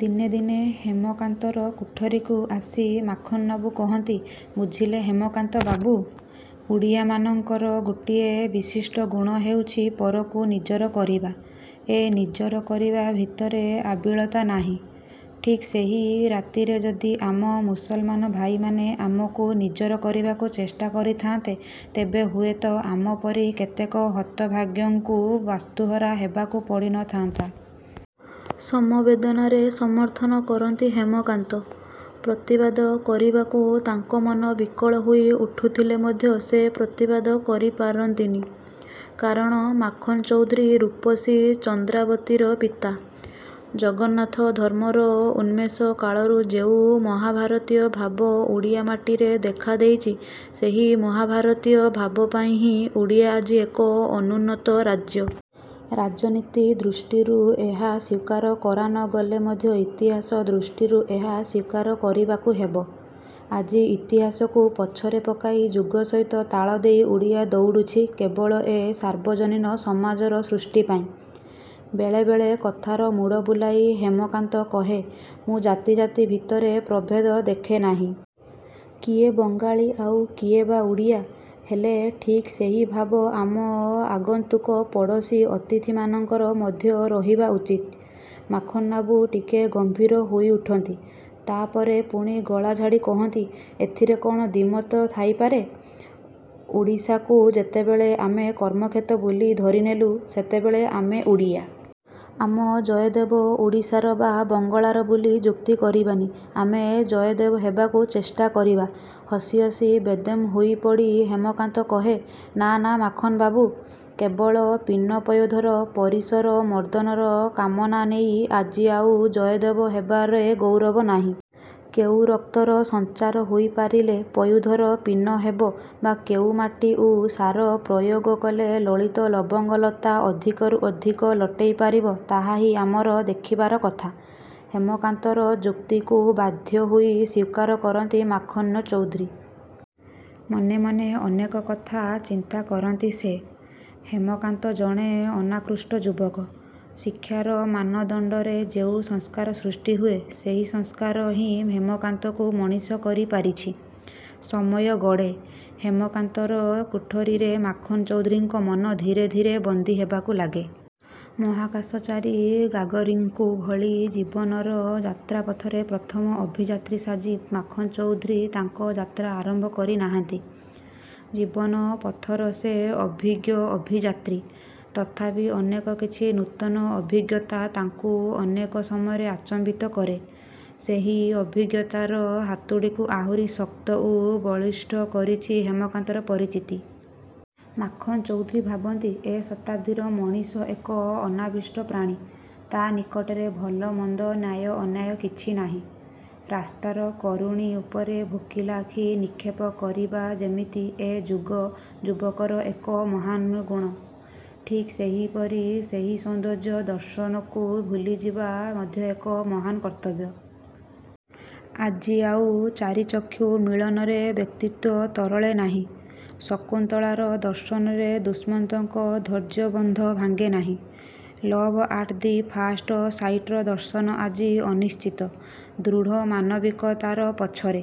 ଦିନେ ଦିନେ ହେମକାନ୍ତର କୋଠରୀକୁ ଆସି ମାଖନ୍ବାବୁ କହନ୍ତି ''ବୁଝିଲେ ହେମକାନ୍ତ ବାବୁ! ଓଡ଼ିଆମାନଙ୍କର ଗୋଟିଏ ବିଶିଷ୍ଟ ଗୁଣ ହେଉଛି ପରକୁ ନିଜର କରିବା। ଏ ନିଜର କରିବା ଭିତରେ ଆବିଳତା ନାହିଁ। ଠିକ୍ ସେହି ରାତିରେ ଯଦି ଆମ ମୁସଲମାନ ଭାଇମାନେ ଆମକୁ ନିଜର କରିବାକୁ ଚେଷ୍ଟା କରିଥାଆନ୍ତେ ,ତେବେ ହୁଏତ ଆମ ପରି କେତେକ ହତଭାଗ୍ୟଙ୍କୁ ବାସ୍ତୁହରା ହେବାକୁ ପଡ଼ି ନ ଥାନ୍ତା। '' ସମବେଦନାରେ ସମର୍ଥନ କରନ୍ତି ହେମକାନ୍ତ। ପ୍ରତିବାଦ କରିବାକୁ ତାଙ୍କ ମନ ବିକଳ ହୋଇ ଉଠୁଥିଲେ ମଧ୍ୟ ସେ ପ୍ରତିବାଦ କରି ପାରନ୍ତିନି। କାରଣ, ମାଖନ୍ ଚୌଧୁରୀ ରୂପସୀ ଚନ୍ଦ୍ରାବତୀର ପିତା। ଜଗନ୍ନାଥ ଧର୍ମର ଉନ୍ମେଷ କାଳରୁ ଯେଉଁ ମହାଭାରତୀୟ ଭାବ ଓଡ଼ିଆ ମାଟିରେ ଦେଖାଦେଇଛି, ସେହି ମହାଭାରତୀୟ ଭାବପାଇଁ ହିଁ ଓଡ଼ିଶା ଆଜି ଏକ ଅନୁନ୍ନତ ରାଜ୍ୟ। ରାଜନୀତି ଦୃଷ୍ଟିରୁ ଏହା ସ୍ୱୀକାର କରା ନ ଗଲେ ମଧ୍ୟ ଇତିହାସ ଦୃଷ୍ଟିରୁ ଏହା ସ୍ୱୀକାର କରିବାକୁ ହେବ। ଆଜି ଇତିହାସକୁ ପଛରେ ପକାଇ ଯୁଗ ସହିତ ତାଳ ଦେଇ ଓଡ଼ିଆ ଦୌଡ଼ଛି, କେବଳ ଏକ ସାର୍ବଜନୀନ ସମାଜର ସୃଷ୍ଟି ପାଇଁ। ବେଳେ ବେଳେ କଥାର ମୋଡ଼ ବୁଲାଇ ହେମକାନ୍ତ କହେ''ମୁଁ ଜାତି ଜାତି ଭିତରେ ପ୍ରଭେଦ ଦେଖେ ନାହିଁ। କିଏ ବଙ୍ଗାଳୀ ଆଉ କିଏ ବା ଓଡ଼ିଆ? ହେଲେ ଠିକ୍ ସେହି ଭାବ ଆମ ଆଗନ୍ତୁକ ପଡ଼ୋଶୀ ଅତିଥିମାନଙ୍କର ମଧ୍ୟ ରହିବା ଉଚିତ। '' ମାଖନ୍ବାବୁ ଟିକେ ଗମ୍ଭୀର ହୋଇଉଠନ୍ତି। ତା'ପରେ ପୁଣି ଗଳା ଝାଡ଼ି କହନ୍ତି ''ଏଥିରେ କ'ଣ ଦ୍ୱିମତ ଥାଇପାରେ? ଓଡ଼ିଶାକୁ ଯେତେବେଳେ ଆମେ କର୍ମକ୍ଷେତ୍ର ବୋଲି ଧରିନେଲୁ, ସେତେବେଳେ ଆମେ ଓଡ଼ିଆ। ଆମ ଜୟଦେବ ଓଡ଼ିଶାର ବା ବଙ୍ଗଳାର ବୋଲି ଯୁକ୍ତି କରିବାନି, ଆମେ ଜୟଦେବ ହେବାକୁ ଚେଷ୍ଟା କରିବା। '' ହସି ହସି ବେଦମ୍ ହୋଇପଡ଼ି ହେମକାନ୍ତ କହେ ''ନାଁ ନାଁ ମାଖନ ବାବୁ। କେବଳ ପୀନ ପୟୋଧର ପରିସର ମର୍ଦନର କାମନ ନେଇ ଆଜି ଆଉ ଜୟଦେବ ହେବାରେ ଗୌରବ ନାହିଁ। କେଉଁ ରକ୍ତର ସଞ୍ଚାର ହୋଇ ପାରିଲେ ପୟୋଧର ପୀନ ହେବ ବା କେଉଁ ମାଟି ଓ ସାର ପ୍ରୟୋଗ କଲେ ଲଳିତ ଲବଙ୍ଗଲତା ଅଧିକରୁ ଅଧିକ ଲଟେଇ ପାରିବ, ତାହା ହିଁ ଆମର ଦେଖିବାର କଥା। '' ହେମକାନ୍ତର ଯୁକ୍ତିକୁ ବାଧ୍ୟ ହୋଇ ସ୍ୱୀକାର କରନ୍ତି ମାଖନ୍ଚୌଧୁରୀ। ମନେ ମନେ ଅନେକ କଥା ଚିନ୍ତା କରନ୍ତି ସେ। ହେମକାନ୍ତ ଜଣେ ଅନାକୃଷ୍ଟ ଯୁବକ। ଶିକ୍ଷାର ମାନଦଣ୍ଡରେ ଯେଉଁ ସଂସ୍କାର ସୃଷ୍ଟି ହୁଏ, ସେହି ସଂସ୍କାର ହିଁ ହେମକାନ୍ତକୁ ମଣିଷ କରି ପାରିଛି। ସମୟ ଗଡ଼େ। ହେମକାନ୍ତର କୋଠରୀରେ ମାଖନ୍ ଚୌଧୁରୀଙ୍କ ମନ ଧୀରେ ଧୀରେ ବନ୍ଦୀ ହେବାକୁ ଲାଗେ। ମହାକାଶଚାରୀ ଗାଗାରିନ୍ଙ୍କ ଭଳି ଜୀବନର ଯାତ୍ରାପଥରେ ପ୍ରଥମ ଅଭିଯାତ୍ରୀ ସାଜି, ମାଖନ୍ଚୌଧୁରୀ ତାଙ୍କ ଯାତ୍ରା ଆରମ୍ଭ କରି ନାହାଁନ୍ତି। ଜୀବନ ପଥର ସେ ଅଭିଜ୍ଞ ଅଭିଯାତ୍ରୀ। ତଥାପି ଅନେକ କିଛି ନୂତନ ଅଭିଜ୍ଞତା ତାଙ୍କୁ ଅନେକ ସମୟରେ ଆଚମ୍ବିତ କରେ। ସେହି ଅଭିଜ୍ଞତାର ହାତୁଡ଼ିକୁ ଆହୁରି ଶକ୍ତ ଓ ବଳିଷ୍ଠ କରିଛି ହେମକାନ୍ତର ପରିଚିତି। ମାଖନ୍ ଚୌଧୁରୀ ଭାବନ୍ତି, ଏ ଶତାବ୍ଦୀର ମଣିଷ ଏକ ଅନାବିଷ୍ଟ ପ୍ରାଣୀ। ତା' ନିକଟରେ ଭଲ ମନ୍ଦ ନ୍ୟାୟ ଅନ୍ୟାୟ କିଛି ନାହିଁ। ରାସ୍ତାର କରୁଣୀ ଉପରେ ଭୋକିଲା ଆଖି ନିକ୍ଷେପ କରିବା ଯେମିତି ଏ ଯୁଗ ଯୁବକର ଏକ ମହାନ୍ଗୁଣ, ଠିକ୍ ସେହିପରି ସେହି ସୌନ୍ଦର୍ଯ୍ୟ ଦର୍ଶନକୁ ଭୁଲିଯିବା ମଧ୍ୟ ଏକ ମହାନ କର୍ତ୍ତବ୍ୟ। ଆଜି ଆଉ ଚାରିଚକ୍ଷୁ ମିଳନରେ ବ୍ୟକ୍ତିତ୍ୱ ତରଳେ ନାହିଁ। ଶକୁନ୍ତଳାର ଦର୍ଶନରେ ଦୁଷ୍ମନ୍ତଙ୍କ ଧୈର୍ଯ୍ୟବନ୍ଧ ଭାଙ୍ଗେ ନାହିଁ। ଲଭ୍ ଆଟ୍ ଦି ଫାଷ୍ଟ୍ ସାଇଟ୍ର ଦର୍ଶନ ଆଜି ଅନିଶ୍ଚିତ। ଦୃଢ଼ ମାନବିକତାର ପଛରେ।